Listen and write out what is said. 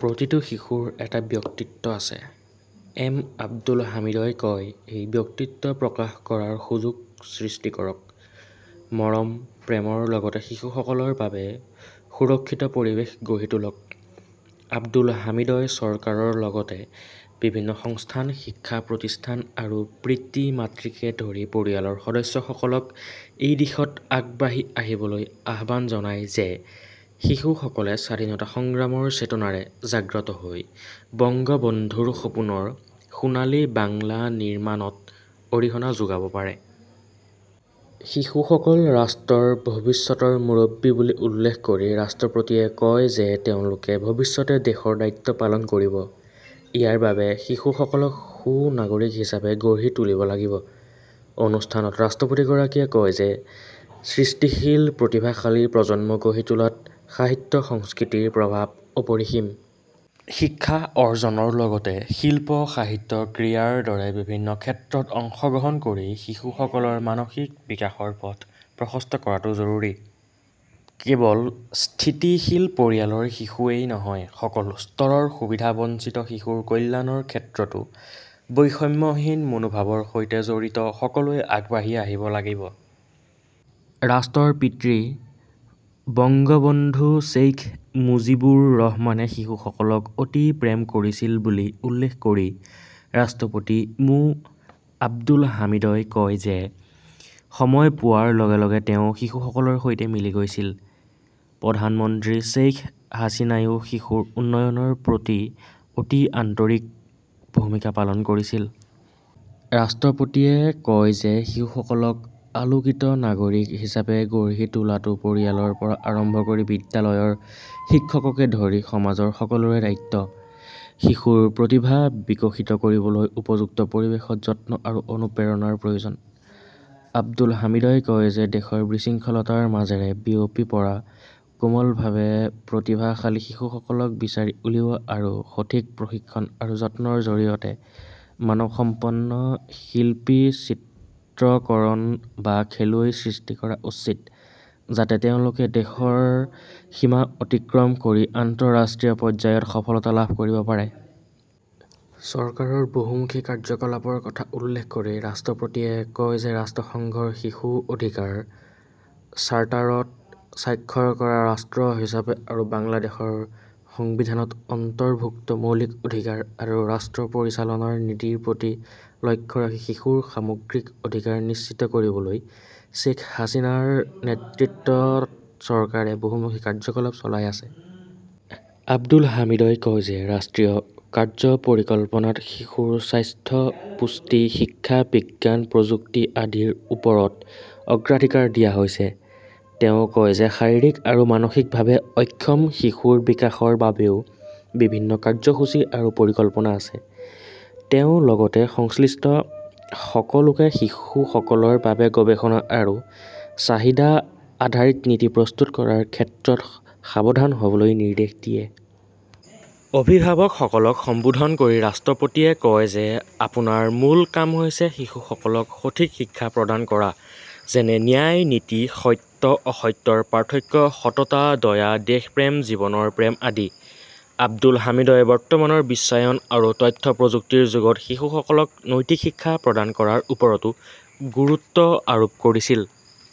প্ৰতিটো শিশুৰ এটা ব্যক্তিত্ব আছে, এম আব্দুল হামিদই কয়। এই ব্যক্তিত্ব প্ৰকাশ কৰাৰ সুযোগ সৃষ্টি কৰক। মৰম, প্ৰেমৰ লগতে শিশুসকলৰ বাবে সুৰক্ষিত পৰিৱেশ গঢ়ি তোলক। আব্দুল হামিদই চৰকাৰৰ লগতে বিভিন্ন সংস্থা, শিক্ষা প্ৰতিষ্ঠান আৰু পিতৃ-মাতৃকে ধৰি পৰিয়ালৰ সদস্যসকলক এই দিশত আগবাঢ়ি আহিবলৈ আহ্বান জনায় যে শিশুসকলে স্বাধীনতা সংগ্ৰামৰ চেতনাৰে জাগ্ৰত হৈ বংগবন্ধুৰ সপোনৰ সোণালী বাংলা নিৰ্মাণত অৰিহণা যোগাব পাৰে। শিশুসকল ৰাষ্ট্ৰৰ ভৱিষ্যতৰ মুৰব্বী বুলি উল্লেখ কৰি ৰাষ্ট্ৰপতিয়ে কয় যে তেওঁলোকে ভৱিষ্যতে দেশৰ দায়িত্ব পালন কৰিব। ইয়াৰ বাবে শিশুসকলক সু-নাগৰিক হিচাপে গঢ়ি তুলিব লাগিব। অনুষ্ঠানত ৰাষ্ট্ৰপতিগৰাকীয়ে কয় যে সৃষ্টিশীল প্ৰতিভাশালী প্ৰজন্ম গঢ়ি তোলাত সাহিত্য-সংস্কৃতিৰ প্ৰভাৱ অপৰিসীম। শিক্ষা অৰ্জনৰ লগতে শিল্প-সাহিত্য, ক্ৰীড়াৰ দৰে বিভিন্ন ক্ষেত্ৰত অংশগ্ৰহণ কৰি শিশুসকলৰ মানসিক বিকাশৰ পথ প্ৰশস্ত কৰাটো জৰুৰী। কেৱল স্থিতিশীল পৰিয়ালৰ শিশুৱেই নহয়, সকলো স্তৰৰ সুবিধাবঞ্চিত শিশুৰ কল্যাণৰ ক্ষেত্ৰতো বৈষম্যহীন মনোভাৱৰ সৈতে জড়িত সকলোৱে আগবাঢ়ি আহিব লাগিব। ৰাষ্ট্ৰৰ পিতৃ বঙ্গবন্ধু শ্বেইখ মুজিবুৰ ৰহমানে শিশুসকলক অতি প্ৰেম কৰিছিল বুলি উল্লেখ কৰি ৰাষ্ট্ৰপতি মো. আব্দুল হামিদই কয় যে সময় পোৱাৰ লগে লগে তেওঁ শিশুসকলৰ সৈতে মিলি গৈছিল। প্ৰধানমন্ত্ৰী শ্বেইখ হাছিনাইও শিশুৰ উন্নয়নৰ প্ৰতি অতি আন্তৰিক ভূমিকা পালন কৰিছিল। ৰাষ্ট্ৰপতিয়ে কয় যে শিশুসকলক আলোকিত নাগৰিক হিচাপে গঢ়ি তোলাটো পৰিয়ালৰ পৰা আৰম্ভ কৰি বিদ্যালয়ৰ শিক্ষককে ধৰি সমাজৰ সকলোৰে দায়িত্ব। শিশুৰ প্ৰতিভা বিকশিত কৰিবলৈ উপযুক্ত পৰিৱেশত যত্ন আৰু অনুপ্ৰেৰণাৰ প্ৰয়োজন। আব্দুল হামিদই কয় যে দেশৰ বিশৃংখলতাৰ মাজেৰে বিয়পি পৰা কোমলভাৱে প্ৰতিভাশালী শিশুসকলক বিচাৰি উলিওৱা আৰু সঠিক প্ৰশিক্ষণ আৰু যত্নৰ জৰিয়তে মানসম্পন্ন শিল্পী, চিত্ৰকৰণ বা খেলুৱৈ সৃষ্টি কৰা উচিত যাতে তেওঁলোকে দেশৰ সীমা অতিক্ৰম কৰি আন্তঃৰাষ্ট্ৰীয় পৰ্যায়ত সফলতা লাভ কৰিব পাৰে। চৰকাৰৰ বহুমুখী কাৰ্যকলাপৰ কথা উল্লেখ কৰি ৰাষ্ট্ৰপতিয়ে কয় যে ৰাষ্ট্ৰসংঘৰ শিশু অধিকাৰ চাৰ্টাৰত স্বাক্ষৰ কৰা ৰাষ্ট্ৰ হিচাপে আৰু বাংলাদেশৰ সংবিধানত অন্তৰ্ভুক্ত মৌলিক অধিকাৰ আৰু ৰাষ্ট্ৰ পৰিচালনাৰ নীতিৰ প্ৰতি লক্ষ্য ৰাখি শিশুৰ সামগ্ৰিক অধিকাৰ নিশ্চিত কৰিবলৈ শ্বেখ হাছিনাৰ নেতৃত্বত চৰকাৰে বহুমুখী কাৰ্যকলাপ চলাই আছে। আব্দুল হামিদই কয় যে ৰাষ্ট্ৰীয় কাৰ্য্য পৰিকল্পনাত শিশুৰ স্বাস্থ্য-পুষ্টি, শিক্ষা-বিজ্ঞান প্ৰযুক্তি আদিৰ ওপৰত অগ্ৰাধিকাৰ দিয়া হৈছে। তেওঁ কয় যে শাৰীৰিক আৰু মানসিকভাৱে অক্ষম শিশুৰ বিকাশৰ বাবেও বিভিন্ন কাৰ্যসূচী আৰু পৰিকল্পনা আছে। তেওঁ লগতে সংশ্লিষ্ট সকলোকে শিশুসকলৰ বাবে গৱেষণা আৰু চাহিদা-আধাৰিত নীতি প্ৰস্তুত কৰাৰ ক্ষেত্ৰত সাৱধান হ'বলৈ নিৰ্দেশ দিয়ে। অভিভাৱকসকলক সম্বোধন কৰি ৰাষ্ট্ৰপতিয়ে কয় যে আপোনাৰ মূল কাম হৈছে শিশুসকলক সঠিক শিক্ষা প্ৰদান কৰা যেনে ন্যায় নীতি, সত্য-অসত্যৰ পাৰ্থক্য, সততা, দয়া, দেশপ্ৰেম, জীৱনৰ প্ৰেম আদি। আব্দুল হামিদই বৰ্তমানৰ বিশ্বায়ন আৰু তথ্য প্ৰযুক্তিৰ যুগত শিশুসকলক নৈতিক শিক্ষা প্ৰদান কৰাৰ ওপৰতো গুৰুত্ব আৰোপ কৰিছিল।